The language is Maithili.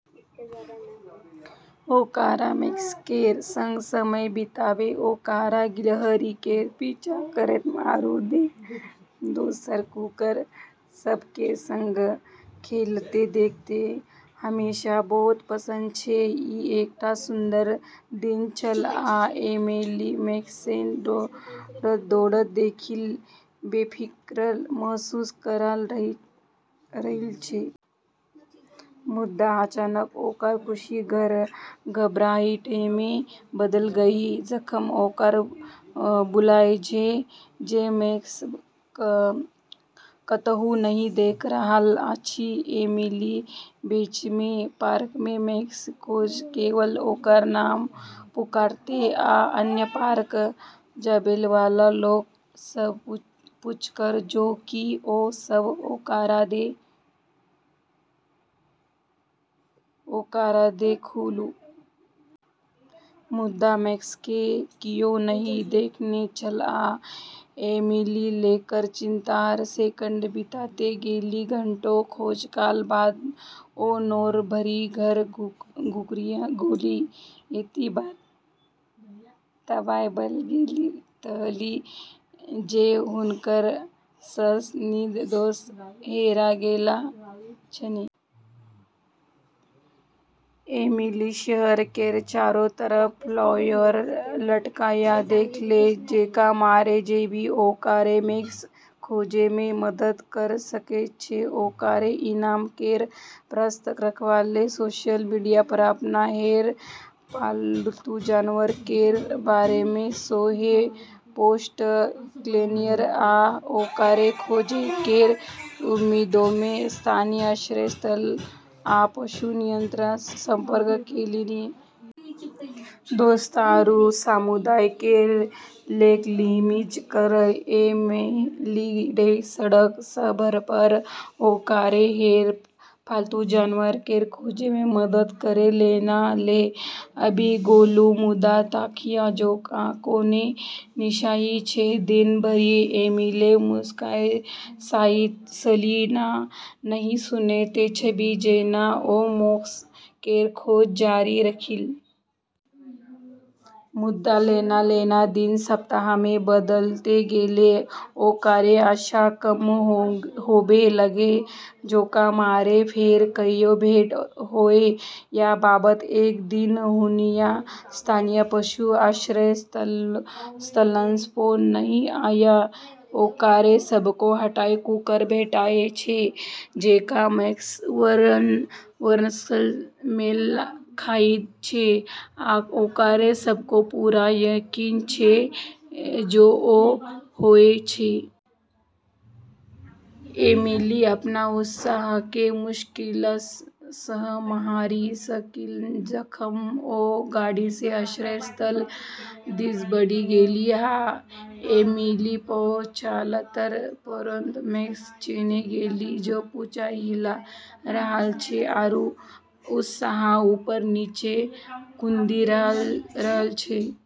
ओकरा मैक्स केर संग समय बिताबै, ओकरा गिलहरी केर पीछा करैत आरू दोसर कुकुर सभ केर संग खेलैत देखब हमेशासँ बहुत पसंद छेलै। ई एकटा सुन्दर दिन छल, आ एमिली मैक्सकेँ दौड़ैत-दौड़ैत देखैत बेफिक्र महसूस कऽ रहल छलीह। मुदा अचानक ओकर खुशी घबराहटिमे बदलि गेलै जखन ओकरा बुझायल जे मैक्स कतहु नहि देखा रहल अछि। एमिली बेचैनीमे पार्कमे मैक्सकेँ खोज केलक, ओकर नाम पुकारैत आ अन्य पार्क जाबैवाला लोक सभसँ पूछलक जे की ओ सभ ओकरा देखलहुँ। मुदा मैक्सकेँ कियो नहि देखने छल, आ एमिली केर चिंता हर सेकेंड बीतैत गेलै। घंटों खोजलाक बाद ओ नोर भरि घर घुरि गेलीह, एहि बातसँ तबाह भऽ गेल छलीह जे हुनकर सबसँ नीक दोस्त हेरा गेल छनि। एमिली शहर केर चारो तरफ फ्लायर लटका देलकै, जेकरामे जे भी ओकरा मैक्स खोजैमे मदद कऽ सकैत छै ओकरा इनाम केर प्रस्ताव रखलकै। सोशल मीडियापर अपन हेरायल पालतू जानवर केर बारेमे सेहो पोस्ट केलनि आ ओकरा खोजै केर उम्मीदमे स्थानीय आश्रय स्थल आ पशु नियंत्रणसँ संपर्क केलनि। दोस्त आरू समुदाय केर लोक मिलि कऽ एमिलीकेँ सड़क सभपर ओकर हेरायल पालतू जानवर केर खोजमे मदद करै लेल आबि गेलै, मुदा तभियो ओकर कोनो निशानी नहि छेलै। दिन भरि एमिली मुश्किलसँ खाइत छलीह आ नहि सुतैत छलीह जेना ओ मैक्स केर खोज जारी रखलीह। मुदा जेना-जेना दिन सप्ताहमे बदलैत गेलै, ओकरा आशा कम होबै लागलै जे ओकरा फेर कहियो भेट होएत। याबत एक दिन हुनका स्थानीय पशु आश्रय स्थलसँ फोन नहि आयल। ओकरा सभकेँ एकटा कुकुर भेटल छलैक जे मैक्सक वर्णनसँ मेल खाइत छलैक, आ ओकरा सभकेँ पूरा यकीन छलैक जे ओ ओएह अछि। एमिली अपन उत्साहकेँ मुश्किलसँ सम्हारि सकलीह जखन ओ गाड़ीसँ आश्रय स्थल दिस बढ़ि गेलीह। एमिली पहुँचलापर तुरंत मैक्सकेँ चिन्हि गेलै, जे पूँछ हिला रहल छेलै आरू उत्साहसँ ऊपर-नीचे कूदि रहल छेलै।